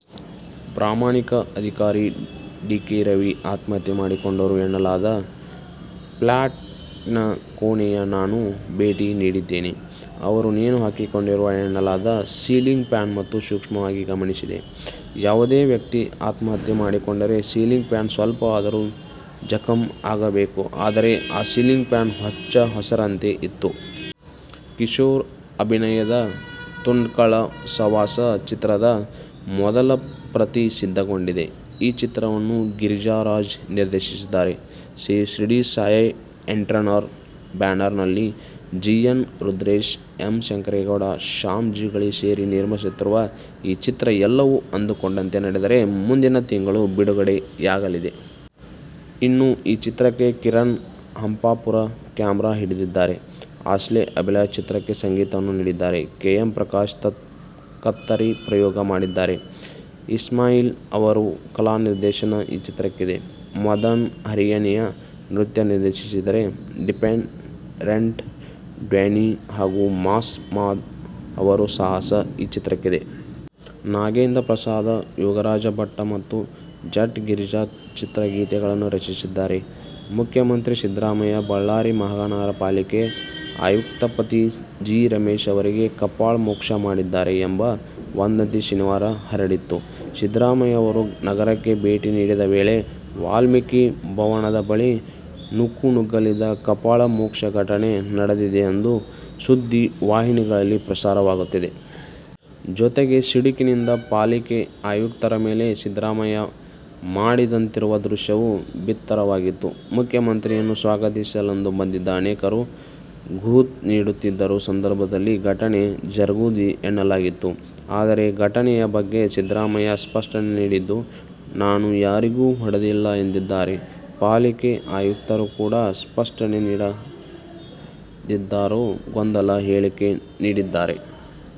ಪ್ರಾಮಾಣಿಕ ಅಧಿಕಾರಿ D. K. Ravi ಆತ್ಮಹತ್ಯೆ ಮಾಡಿಕೊಂಡರು ಎನ್ನಲಾದ ಫ್ಲ್ಯಾಟ್ನ ಕೋಣೆಗೆ ನಾನು ಭೇಟಿ ನೀಡಿದ್ದೆ. ಅವರು ನೇಣು ಹಾಕಿಕೊಂಡರು ಎನ್ನಲಾದ ಸೀಲಿಂಗ್ ಫ್ಯಾನ್ ಅನ್ನು ಸೂಕ್ಷ್ಮವಾಗಿ ಗಮನಿಸಿದೆ. ಯಾವುದೇ ವ್ಯಕ್ತಿ ಆತ್ಮಹತ್ಯೆ ಮಾಡಿಕೊಂಡರೆ ಸಿಲಿಂಗ್ ಫ್ಯಾನ್ ಸ್ವಲ್ಪವಾದರೂ ಜಖಂ ಆಗಬೇಕು. ಆದರೆ ಆ ಸೀಲಿಂಗ್ ಫ್ಯಾನ್ ಹೊಚ್ಚ ಹೊಸತರಂತೆ ಇತ್ತು. ಕಿಶೋರ್ ಅಭಿನಯದ "ತುಂಡ್ಹೈಕ್ಳ ಸಾವಾಸ' ಚಿತ್ರದ ಮೊದಲ ಪ್ರತಿ ಸಿದ್ಧಗೊಂಡಿದೆ. ಈ ಚಿತ್ರವನ್ನು ಗಿರಿರಾಜ್ ನಿರ್ದೇಶಿಸಿದ್ದಾರೆ. ಶ್ರೀ ಶಿರಡಿ ಸಾಯಿ ಎಂಟರ್ಟ್ರೆ"ನರ್ ಬ್ಯಾನರ್ನಲ್ಲಿ G. N. Rudresh, M. Shankaregowda, Shyam Jigali ಸೇರಿ ನಿರ್ಮಿಸುತ್ತಿರುವ ಈ ಚಿತ್ರ ಎಲ್ಲವೂ ಅಂದುಕೊಂಡಂತೆ ನಡೆದರೆ ಮುಂದಿನ ತಿಂಗಳು ಬಿಡುಗಡೆಯಾಗಲಿದೆ. ಇನ್ನು, ಈ ಚಿತ್ರಕ್ಕೆ ಕಿರಣ್ ಹಂಪಾಪುರ ಕ್ಯಾಮೆರಾ ಹಿಡಿದಿದ್ದಾರೆ. ಆಶ್ಲೆ ಅಭಿಲಾಶ್ ಚಿತ್ರಕ್ಕೆ ಸಂಗೀತವನ್ನು ನೀಡಿದ್ದಾರೆ. ಕೆ. ಎಂ. ಪ್ರಕಾಶ್ ಕತ್ತರಿ ಪ್ರಯೋಗ ಮಾಡಿದರೆ, ಇಸ್ಮಾಯಿಲ್ ಅವರ ಕಲಾನಿರ್ದೇಶನ ಈ ಚಿತ್ರಕ್ಕಿದೆ. ಮದನ್-ಹರಿಣಿಯವ ನೃತ್ಯ ನಿರ್ದೇಶಿಸಿದರೆ, ಡಿಫರೆಂಟ್ ಡ್ಯಾನಿ ಹಾಗು ಮಾಸ್ ಮಾದ ಅವರ ಸಾಹಸ ಈ ಚಿತ್ರಕ್ಕಿದೆ. ನಾಗೇಂದ್ರ ಪ್ರಸಾದ್, ಯೋಗರಾಜ್ ಭಟ್ ಮತ್ತು ಜಟ್ಟ ಗಿರಿರಾಜ್ ಚಿತ್ರದ ಗೀತೆಗಳನ್ನು ರಚಿಸಿದ್ದಾರೆ. ಮುಖ್ಯಮಂತ್ರಿ ಸಿದ್ದರಾಮಯ್ಯ ಬಳ್ಳಾರಿ ಮಹಾನಗರ ಪಾಲಿಕೆಯ ಆಯುಕ್ತಪಿ. ಜಿ. ರಮೇಶ್ ಅವರಿಗೆ ಕಪಾಳ ಮೋಕ್ಷಾ ಮಾಡಿದ್ದಾರೆ ಎಂಬ ವದಂತಿ ಶನಿವಾರಹರಡಿತ್ತು. ಸಿದ್ದರಾಮಯ್ಯ ಅವರು ನಗರಕ್ಕೆ ಭೇಟಿ ನೀಡಿದ ವೇಳೆ ವಾಲ್ಮೀಕಿ ಭವನದಬಳಿ ನೂಕುನುಗ್ಗಲಿನಲ್ಲಿ ಕಪಾಳ ಮೋಕ್ಷ ಘಟನೆ ನಡೆದಿದೆ ಎಂದು ಸುದ್ದಿವಾಹಿನಗಳಲ್ಲಿಪ್ರಸಾರವಾಗಿತ್ತು. ಜೊತೆಗೆ ಸಿಡುಕಿನಿಂದ ಪಾಲಿಕೆ ಆಯುಕ್ತರ ಮೇಲೆ ಸಿದ್ದರಾಮಯ್ಯಕೈ ಮಾಡಿದಂತಿರುವ ದೃಶ್ಯವೂ ಬಿತ್ತರವಾಗಿತ್ತು. ಮುಖ್ಯಮಂತ್ರಿಯನ್ನು ಸ್ವಾಗತಿಸಲುಬಂದಿದ್ದ ಅನೇಕರು ಹೂಗುತ್ಛ ನೀಡುತ್ತಿರುವ ಸಂದರ್ಭದಲ್ಲಿ ಈ ಘಟನೆ ಜರುಗಿದೆಎನ್ನಲಾಗಿತ್ತು. ಆದರೆ, ಘಟನೆಯ ಬಗ್ಗೆ ಸಿದ್ದರಾಮಯ್ಯ ಸ್ಪಷ್ಟನೆ ನೀಡಿದ್ದು, ನಾನು ಯಾರಿಗೂ ಹೊಡೆದಿಲ್ಲ ಎಂದಿದ್ದಾರೆ. ಪಾಲಿಕೆ ಆಯುಕ್ತರು ಕೂಡ ಸ್ಪಷ್ಟನೆನೀಡಿದ್ದಾರಾದರೂ ಗೊಂದಲದ ಹೇಳಿಕೆ ನೀಡಿದ್ದಾರೆ.